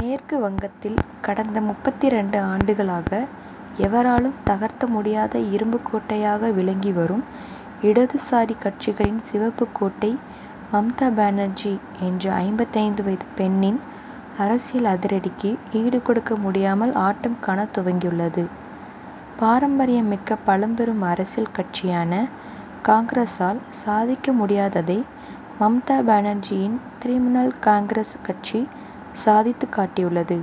மேற்கு வங்கத்தில் கடந்த முப்பத்திரண்டு ஆண்டுகளாக எவராலும் தகர்க்க முடியாத இரும்புக் கோட்டையாக விளங்கி வரும் இடதுசாரி கட்சிகளின் சிவப்பு கோட்டை மம்தா பானர்ஜி என்ற ஐம்பத்தைந்து வயது பெண்ணின் அரசியல் அதிரடிக்கு ஈடுகொடுக்க முடியாமல் ஆட்டம் காணத் துவங்கியுள்ளது. பாரம்பரியம் மிக்க பழம் பெரும் அரசியல் கட்சியான காங்கிரசால் சாதிக்க முடியாததை மம்தா பானர்ஜியின் திரிணமுல் காங்கிரஸ் கட்சி சாதித்துக் காட்டியுள்ளது.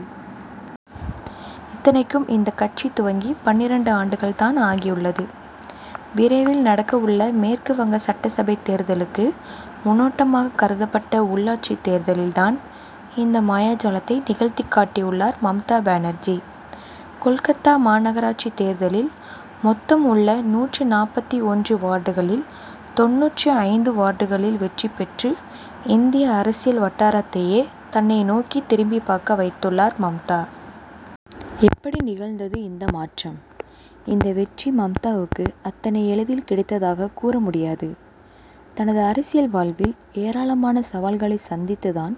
இத்தனைக்கும் இந்த கட்சி துவங்கி பன்னிரண்டு ஆண்டுகள் தான் ஆகியுள்ளது. விரைவில் நடக்கவுள்ள மேற்கு வங்க சட்டசபை தேர்தலுக்கு முன்னோட்டமாக கருதப்பட்ட உள்ளாட்சி தேர்தலில் தான் இந்த மாயாஜாலத்தை நிகழ்த்திக் காட்டியுள்ளார் மம்தா பானர்ஜி. கோல்கட்டா மாநகராட்சி தேர்தலில் மொத்தம் உள்ள நூற்று நாற்பத்து ஒன்று வார்டுகளில் தொண்ணூற்று ஐந்து வார்டுகளில் வெற்றி பெற்று இந்திய அரசியல் வட்டாரத்தையே தன்னை நோக்கி திரும்பி பார்க்க வைத்துள்ளார் மம்தா. எப்படி நிகழ்ந்தது இந்த மாற்றம்? இந்த வெற்றி மம்தாவுக்கு அத்தனை எளிதில் கிடைத்ததாக கூற முடியாது. தனது அரசியல் வாழ்வில் ஏராளமான சவால்களை சந்தித்து தான்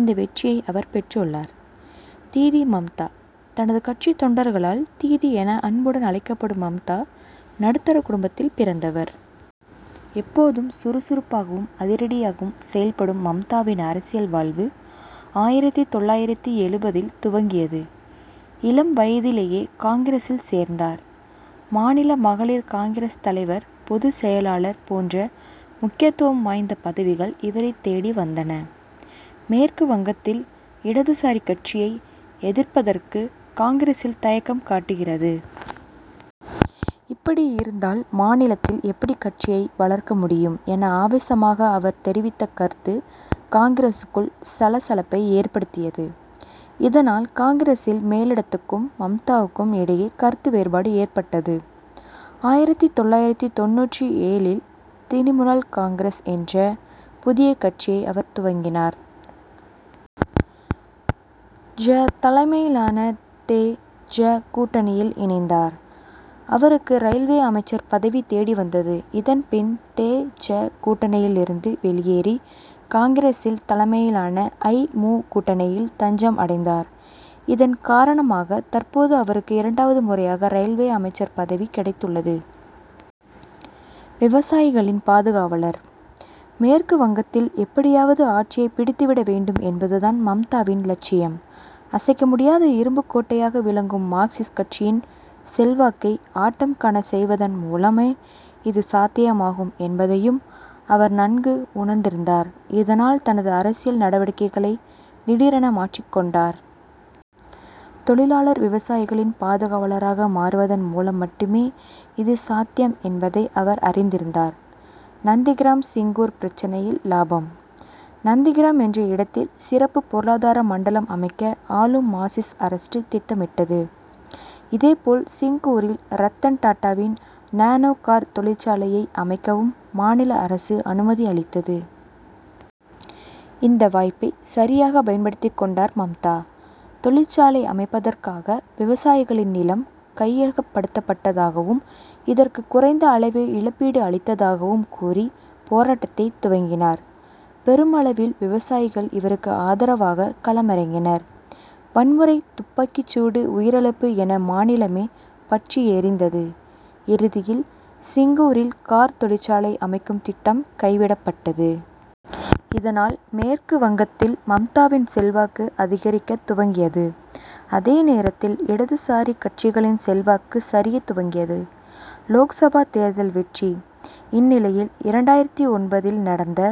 இந்த வெற்றியை அவர் பெற்றுள்ளார். தீதி மம்தா: தனது கட்சித் தொண்டர்களால் தீதி என அன்புடன் அழைக்கப்படும் மம்தா நடுத்தர குடும்பத்தில் பிறந்தவர். எப்போதும் சுறுசுறுப்பாகவும் அதிரடியாகவும் செயல்படும் மம்தாவின் அரசியல் வாழ்வு ஆயிரத்து தொள்ளாயிரத்து எழுபதில் துவங்கியது. இளம் வயதிலேயே காங்கிரசில் சேர்ந்தார். மாநில மகளிர் காங்கிரஸ் தலைவர் பொதுச்செயலாளர் போன்ற முக்கியத்துவம் வாய்ந்த பதவிகள் இவரைத் தேடி வந்தன. மேற்கு வங்கத்தில் இடதுசாரி கட்சியை எதிர்ப்பதற்கு காங்கிரஸ் தயக்கம் காட்டுகிறது. இப்படி இருந்தால் மாநிலத்தில் எப்படி கட்சியை வளர்க்க முடியும் என ஆவேசமாக அவர் தெரிவித்த கருத்து காங்கிரசுக்குள் சல சலப்பை ஏற்படுத்தியது. இதனால் காங்கிரஸ் மேலிடத்துக்கும் மம்தாவுக்கும் இடையே கருத்து வேறுபாடு ஏற்பட்டது. ஆயிரத்து தொள்ளாயிரத்து தொண்ணூற்று ஏழில் திரிணமுல் காங்கிரஸ் என்ற புதிய கட்சியை அவர் துவங்கினார். ஜ. தலைமையிலான தே. ஜ. கூட்டணியில் இணைந்தார். அவருக்கு ரயில்வே அமைச்சர் பதவி தேடி வந்தது. இதன் பின் தே. ஜ. கூட்டணியிலிருந்து வெளியேறி காங்கிரஸ் தலைமையிலான ஐ. மு. கூட்டணியில் தஞ்சம் அடைந்தார். இதன் காரணமாக தற்போது அவருக்கு இரண்டாவது முறையாக ரயில்வே அமைச்சர் பதவி கிடைத்துள்ளது. விவசாயிகளின் பாதுகாவலர்: மேற்கு வங்கத்தில் எப்படியாவது ஆட்சியை பிடித்து விட வேண்டும் என்பது தான் மம்தாவின் இலட்சியம். அசைக்க முடியாத இரும்புக் கோட்டையாக விளங்கும் மார்க்சிஸ்ட் கட்சியின் செல்வாக்கை ஆட்டம் காணச் செய்வதன் மூலமே இது சாத்தியமாகும் என்பதையும் அவர் நன்கு உணர்ந்திருந்தார். இதனால் தனது அரசியல் நடவடிக்கைகளை திடீரென மாற்றிக் கொண்டார். தொழிலாளர் விவசாயிகளின் பாதுகாவலராக மாறுவதன் மூலம் மட்டுமே இது சாத்தியம் என்பதை அவர் அறிந்திருந்தார். நந்திகிராம் சிங்கூர் பிரச்னையில் லாபம்: நந்திகிராம் என்ற இடத்தில் சிறப்பு பொருளாதார மண்டலம் அமைக்க ஆளும் மார்க்சிஸ்ட் அரசு திட்டமிட்டது. இதேபோல் சிங்கூரில் ரத்தன் டாடாவின் நானோ கார் தொழிற்சாலையை அமைக்கவும் மாநில அரசு அனுமதி அளித்தது. இந்த வாய்ப்பை சரியாக பயன்படுத்தி கொண்டார் மம்தா. தொழிற்சாலை அமைப்பதற்காக விவசாயிகளின் நிலம் கையகப்படுத்தப்பட்டதாகவும் இதற்கு குறைந்த அளவே இழப்பீடு அளித்ததாகவும் கூறி போராட்டத்தை துவக்கினார். பெருமளவில் விவசாயிகள் இவருக்கு ஆதரவாக களமிறங்கினர். வன்முறை துப்பாக்கி சூடு உயிரிழப்பு என மாநிலமே பற்றி எரிந்தது. இறுதியில் சிங்கூரில் கார் தொழிற்சாலை அமைக்கும் திட்டம் கைவிடப்பட்டது. இதனால் மேற்கு வங்கத்தில் மம்தாவின் செல்வாக்கு அதிகரிக்க துவங்கியது. அதே நேரத்தில் இடதுசாரி கட்சிகளின் செல்வாக்கு சரியத் துவங்கியது. லோக்சபா தேர்தல் வெற்றி: இந்நிலையில் இரண்டாயிரத்து ஒன்பதில் நடந்த